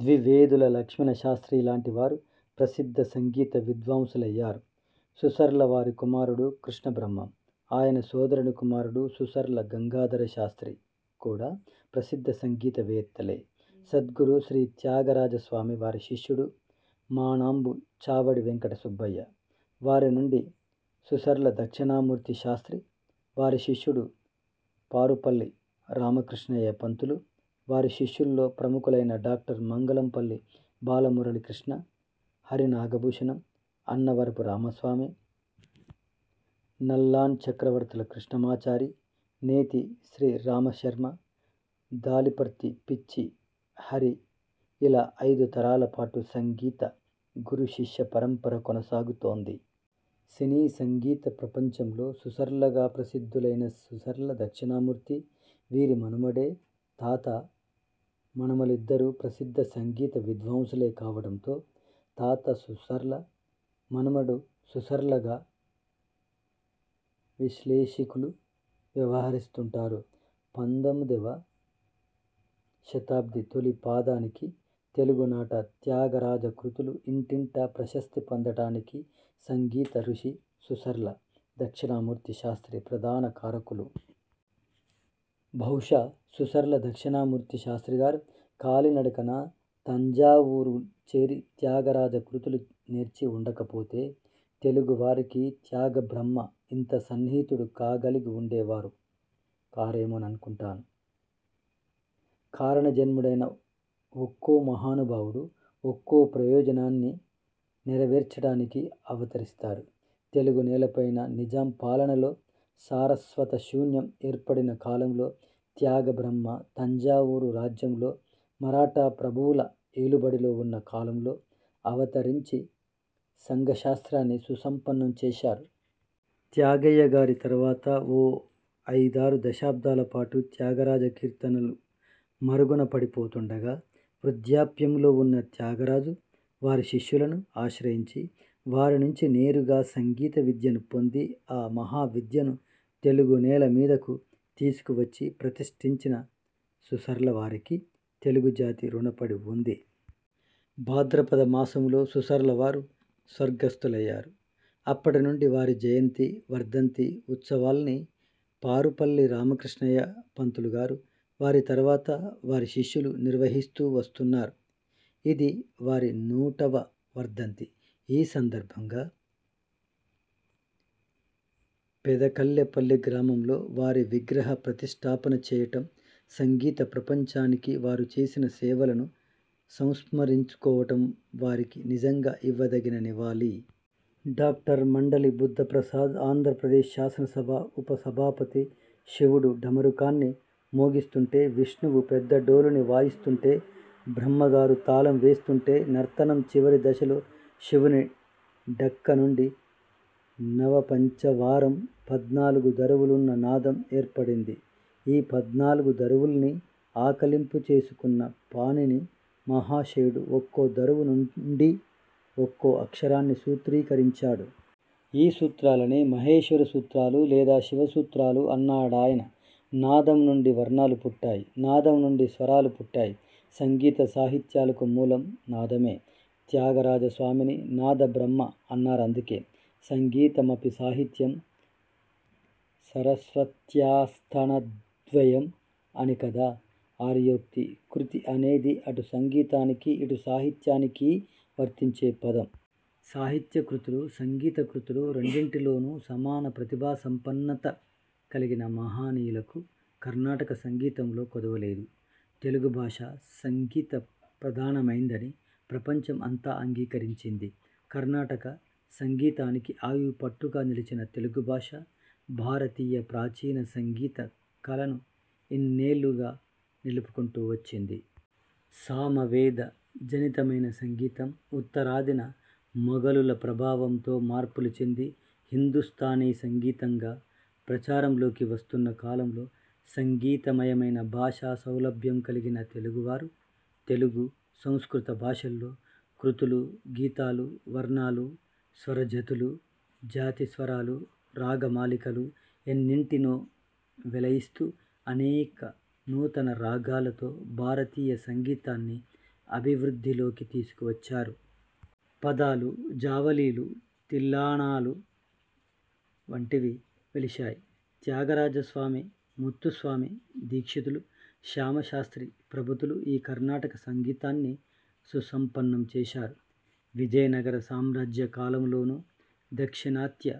ద్వివేదుల లక్ష్మణ శాస్త్రీ లాంటి వారు ప్రసిద్ధ సంగీత విద్వాంసులయ్యారు. సుసర్ల వారి కుమారుడు కృష్ణ బ్రహ్మం, ఆయన సోదరుని కుమారుడు సుసర్ల గంగాధర శాస్త్రీ కూడా ప్రసిద్ధ సంగీత వేత్తలే! సద్గురు శ్రీ త్యాగరాజస్వామి, వారి శిష్యుడు మానాంబు చావడి వెంకట సుబ్బయ్య, వారి నుండి సుసర్ల దక్షిణామూర్తి శాస్త్రీ, వారి శిష్యుడు పారుపల్లి రామకృష్ణయ్య పంతులు, వారి శిష్యుల్లో ప్రముఖులైన డాక్టర్ మంగళంపల్లి బాలమురళీ కృష్ణ, హరి నాగభూషణం, అన్నవరపు రామస్వామి, నల్లాన్ చక్రవర్తుల కృష్ణమాచారి, నేతి శ్రీరామ శర్మ, దాలిపర్తి పిచ్చి హరి ఇలా ఐదు తరాల పాటు సంగీత గురు శిష్య పరంపర కొనసాగుతోంది. సినీ సంగీత ప్రపంచంలో సుసర్లగా ప్రసిద్ధులైన సుసర్ల దక్షిణామూర్తి వీరి మనుమడే! తాత మనుమలిద్దరూ ప్రసిద్ధ సంగీత విద్వాంసులే కావటంతో తాత సుసర్ల, మనుమడు సుసర్లగా విశ్లేషికులు వ్యవహరిస్తుంటారు. పంతొమ్మిదివ శతాబ్ది తొలిపాదానికే తెలుగు నాట త్యాగరాజ కృతులు ఇంటింటా ప్రశస్తి పొందటానికి సంగీత ఋషి సుసర్ల దక్షిణామూర్తి శాస్ర్తి ప్రధాన కారకులు. బహుశా సుసర్ల దక్షిణామూర్తి శాస్త్రీ గారు కాలినడకన తంజావూరు చేరి త్యాగరాజ కృతులు నేర్చి ఉండకపోతే, తెలుగు వారికి త్యాగ బ్రహ్మ ఇంత సన్నిహితుడు కాగలిగి ఉండేవారు కారేమోననుకుంటాను. కారణ జన్ముడైన ఒక్కో మహానుభావుడు ఒక్కో ప్రయోజనాన్ని నెరవేర్చటానికి అవతరిస్తారు. తెలుగు నేలపైన నిజాం పాలనలో సారస్వత శూన్యం ఏర్పడిన కాలంలో త్యాగ బ్రహ్మ తంజావూరు రాజ్యంలో మరాఠా ప్రభువుల ఏలుబడిలో ఉన్న కాలంలో అవతరించి సంగ శాస్త్రాన్ని సుసంపన్నం చేశారు. త్యాగయ్య గారి తరువాత ఓ ఐదారు దశాబ్దాల పాటు త్యాగరాజ కీర్తనలు మరుగున పడిపోతుండగా, వృద్ధాప్యంలో ఉన్న త్యాగరాజు వారి శిష్యులను ఆశ్రయించి, వారి నుంచి నేరుగా సంగీత విద్యను పొంది ఆ మహావిద్యను తెలుగు నేలమీదకు తీసుకువచ్చి ప్రతిష్టించిన సుసర్ల వారికి తెలుగు జాతి రుణపడి ఉంది. భాద్రపద మాసంలో సుసర్లవారు స్వర్గస్థులయ్యారు. అప్పటి నుండి వారి జయంతి, వర్ధంతి ఉత్సవాల్ని పారుపల్లి రామకృష్ణయ్య పంతులు గారు, వారి తరువాత వారి శిష్యులూ నిర్వహిస్తూ వస్తున్నారు. ఇది వారి నూటవ వర్ధంతి. ఈ సందర్భంగా పెదకళ్ళేపల్లి గ్రామంలో వారి విగ్రహ ప్రతిష్ఠాపన చేయటం, సంగీత ప్రపంచానికి వారు చేసిన సేవలను సుస్మరించుకోవటం వారికి నిజంగా ఇవ్వదగిన నివాళి. డాక్టర్ మండలి బుద్ధప్రసాద్ఆంధ్రప్రదేశ్ శాసనసభ ఉప సభాపతి శివుడు డమరుకాన్ని మోగిస్తుంటే, విష్ణువు పెద్దడోలుని వాయిస్తుంటే, బ్రహ్మగారు తాళం వేస్తుంటే నర్తనం చివరి దశలో శివుని ఢక్క నుండి, నవ పంచవారం పద్నాలుగు దరువులున్న నాదం ఏర్పడింది. ఈ పద్నాలుగు దరువుల్నీ ఆకళింపు చేసుకున్న పాణిని మహాశయుడు ఒక్కో దరువు నుండి ఒక్కో అక్షరాన్ని సూత్రీకరించాడు. ఈ సూత్రాలనే మహేశ్వర సూత్రాలు లేదా శివ సూత్రాలు అన్నాడాయన. నాదం నుండి వర్ణాలు పుట్టాయి. నాదం నుండి స్వరాలు పుట్టాయి. సంగీత సాహిత్యాలకు మూలం నాదమే! త్యాగరాజ స్వామిని నాద బ్రహ్మ అన్నారందుకే! ''సంగీతమపి సాహిత్యం సరస్వత్యాః స్తనద్వయం'' అని కదా ఆర్యోక్తి. కృతి అనేది అటు సంగీతానికీ, ఇటు సాహిత్యానికీ వర్తించే పదం. సాహిత్య కృతులు, సంగీత కృతులు రెండింటిలోనూ సమాన ప్రతిభా సంపన్నత కలిగిన మహనీయులకు కర్ణాటక సంగీతంలో కొదవ లేదు. తెలుగు భాష సంగీత ప్రధానమైందని ప్రపంచం అంతా అంగీకరించింది. కర్ణాటక సంగీతానికి ఆయువుపట్టుగా నిలిచిన తెలుగు భాష భారతీయ ప్రాచీన సంగీత కళను ఇన్నేళ్లుగా నిలుపుకుంటూ వచ్చింది. సామవేద జనితమైన సంగీతం ఉత్తరాదిన మొగలుల ప్రభావంతో మార్పులు చెంది హిందుస్తానీ సంగీతంగా ప్రచారంలోకి వస్తున్న కాలంలో సంగీత మయమైన భాషా సౌలభ్యం కలిగిన తెలుగువారు తెలుగు, సంస్కృత భాషల్లో కృతులు, గీతాలు, వర్ణాలు, స్వరజతులు, జతిస్వరాలు, రాగమాలికలు ఎన్నింటినో వెలయిస్తూ అనేక నూతన రాగాలతో భారతీయ సంగీతాన్ని అభివృద్ధిలోకి తీసుకువచ్చారు. పదాలు, జావళీలు, తిల్లానాలు వంటివి వెలిశాయి. త్యాగరాజ స్వామి, ముత్తుస్వామి దీక్షితులు, శ్యామ శాస్త్రీ ప్రభృతులు ఈ కర్ణాటక సంగీతాన్ని సుసంపన్నం చేశారు. విజయనగర సామ్రాజ్య కాలంలోనూ, దాక్షిణాత్య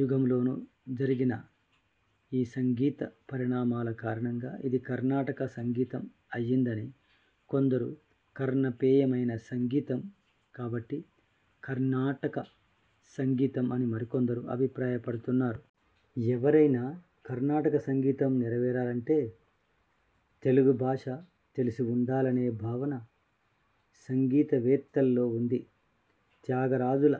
యుగంలోనూ జరిగిన ఈ సంగీత పరిణామాల కారణంగా ఇది కర్ణాటక సంగీతం అయ్యిందని కొందరు, కర్ణపేయమైన సంగీతం కాబట్టి కర్ణాటక సంగీతం అని మరికొందరు అభిప్రాయపడ్తున్నారు. ఎవరైనా కర్ణాటక సంగీతం నేరవేరా లంటే తెలుగు భాష తెలిసి ఉండాలనే భావన సంగీత వేత్తల్లో ఉంది. త్యాగరాజాదుల